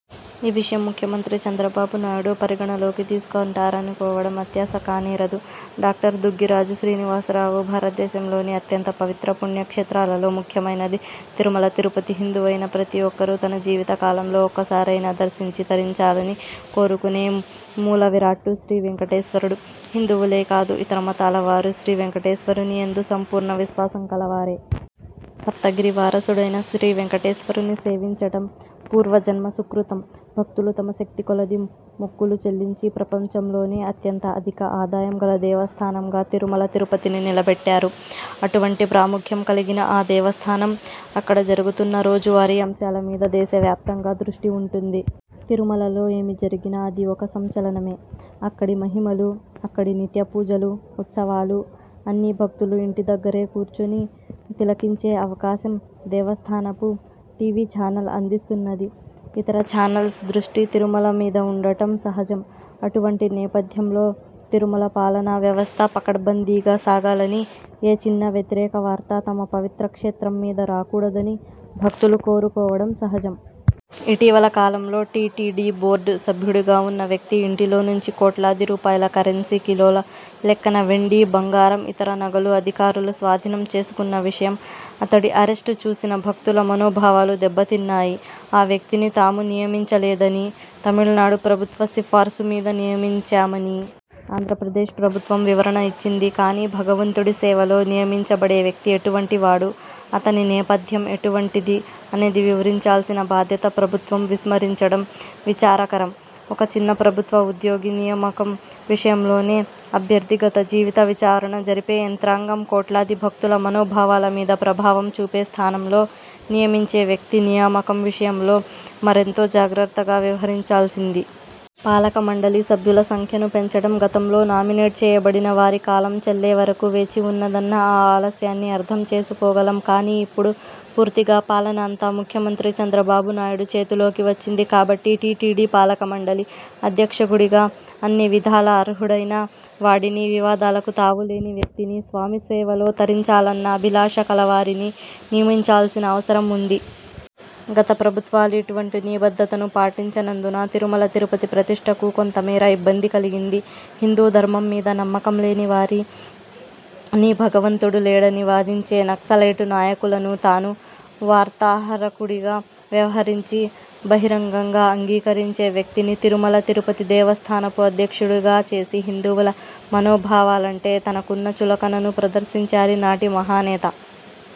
ఈ విషయం ముఖ్యమంత్రి చంద్రబాబు నాయుడు పరిగణనలోకి తీసుకుంటారనుకోవటం అత్యాశ కానేరదు. డాక్టర్ దుగ్గరాజు శ్రీనివాసరావు భారతదేశంలోని అత్యంత పవిత్ర పుణ్యక్షేత్రాలలో ముఖ్యమైనది తిరుమల– తిరుపతి. హిందువైన ప్రతి ఒక్కరూ తన జీవిత కాలంలో ఒక్కసారైనా దర్శించి, తరించాలని కోరుకునే మూలవిరాట్టు శ్రీ వేంకటేశ్వరుడు. హిందువులే కాదు ఇతర మతాలవారు శ్రీ వేంకటేశ్వరునియందు సంపూర్ణ విశ్వాసం కలవారే. సప్తగిరి వాసుడైన శ్రీ వేంకటేశ్వరుని సేవించటం పూర్వజన్మ సుకృతం. భక్తులు తమ శక్తి కొలది మొక్కులు చెల్లించి ప్రపంచంలోనే అత్యంత అధిక ఆదాయం గల దేవస్థానంగా తిరుమల తిరుపతిని నిలబెట్టారు. అటువంటి ప్రాముఖ్యం కలిగిన ఆ దేవస్థానం, అక్కడ జరుగుతున్న రోజువారీ అంశాల మీద దేశవ్యాప్తంగా దృష్టి వుంటుంది. తిరుమలలో ఏమి జరిగినా అది ఒక సంచలనమే. అక్కడి మహిమలు, అక్కడి నిత్య పూజలు, ఉత్సవాలు అన్నీ భక్తులు ఇంటిదగ్గరే కూర్చుని తిలకించే అవకాశం దేవస్థానపు టి. వి. ఛానల్ అందిస్తున్నది. ఇతర ఛానల్స్ దృష్టి తిరుమల మీద వుండటం సహజం. అటువంటి నేపథ్యంలో తిరుమల పాలనా వ్యవస్థ పకడ్బందీగా సాగాలని, ఏ చిన్న వ్యతిరేక వార్తా తమ పవిత్ర క్షేత్రం మీద రాకూడదని భక్తులు కోరుకోవటం సహజం. ఇటీవల కాలంలో టీటీడీ బోర్డు సభ్యుడిగా వున్న వ్యక్తి ఇంటిలో నుంచి కోట్లాది రూపాయల కరెన్సీ, కిలోల లెక్కన వెండి, బంగారం, ఇతర నగలు అధికారులు స్వాధీనం చేసుకున్న విషయం, అతడి అరెస్టు చూసిన భక్తుల మనోభావాలు దెబ్బతిన్నాయి. ఆ వ్యక్తిని తాము నియమించలేదని, తమిళనాడు ప్రభుత్వ సిఫార్సు మీద నియమించామని। ఆంధ్రప్రదేశ్ ప్రభుత్వం వివరణ ఇచ్చింది. కానీ భగవంతుడి సేవలో నియమించబడే వ్యక్తి ఎటువంటి వాడు, అతని నేపథ్యం ఎటువంటిది అనేది విచారించాల్సిన బాధ్యత ప్రభుత్వం విస్మరించటం విచారకరం. ఒక చిన్న ప్రభుత్వ ఉద్యోగి నియామకం విషయంలోనే అభ్యర్థి గత జీవిత విచారణ జరిపే యంత్రాంగం, కోట్లాది భక్తుల మనోభావాల మీద ప్రభావం చూపే స్థానంలో నియమించే వ్యక్తి నియామకం విషయంలో మరెంతో జాగ్రత్తగా వ్యవహరించాల్సింది. పాలకమండలి సభ్యుల సంఖ్యను పెంచటం, గతంలో నామినేట్ చెయ్యబడిన వారి కాలం చెల్లేవరకు వేచి వున్నందున ఆ ఆలస్యాన్ని అర్థం చేసుకోగలం. కానీ ఇప్పుడు పూర్తిగా పాలన అంతా ముఖ్యమంత్రి చంద్రబాబు నాయుడు చేతిలోకి వచ్చింది. కాబట్టి టీటీడీ పాలకమండలి అధ్యక్షుడిగా అన్నివిధాల అర్హుడైన వాడిని, వివాదాలకు తావులేని వ్యక్తిని, స్వామి సేవలో తరించాలన్న అభిలాష కలవారిని నియమించాల్సిన అవసరం ఉంది. గత ప్రభుత్వాలు ఇటువంటి నిబద్ధతను పాటించనందున తిరుమల తిరుపతి ప్రతిష్ఠకు కొంతమేర ఇబ్బంది కలిగింది. హిందూ ధర్మం మీద నమ్మకం లేనివారిని, భగవంతుడు లేడని వాదించే నక్సలైటు నాయకులకు తాను వార్తాహరుడిగా వ్యవహరించి బహిరంగంగా అంగీకరించే వ్యక్తిని తిరుమల తిరుపతి దేవస్థానపు అధ్యక్షునిగా చేసి హిందువుల మనోభావాలంటే తనకున్న చులకనను ప్రదర్శించారు నాటి 'మహానేత'.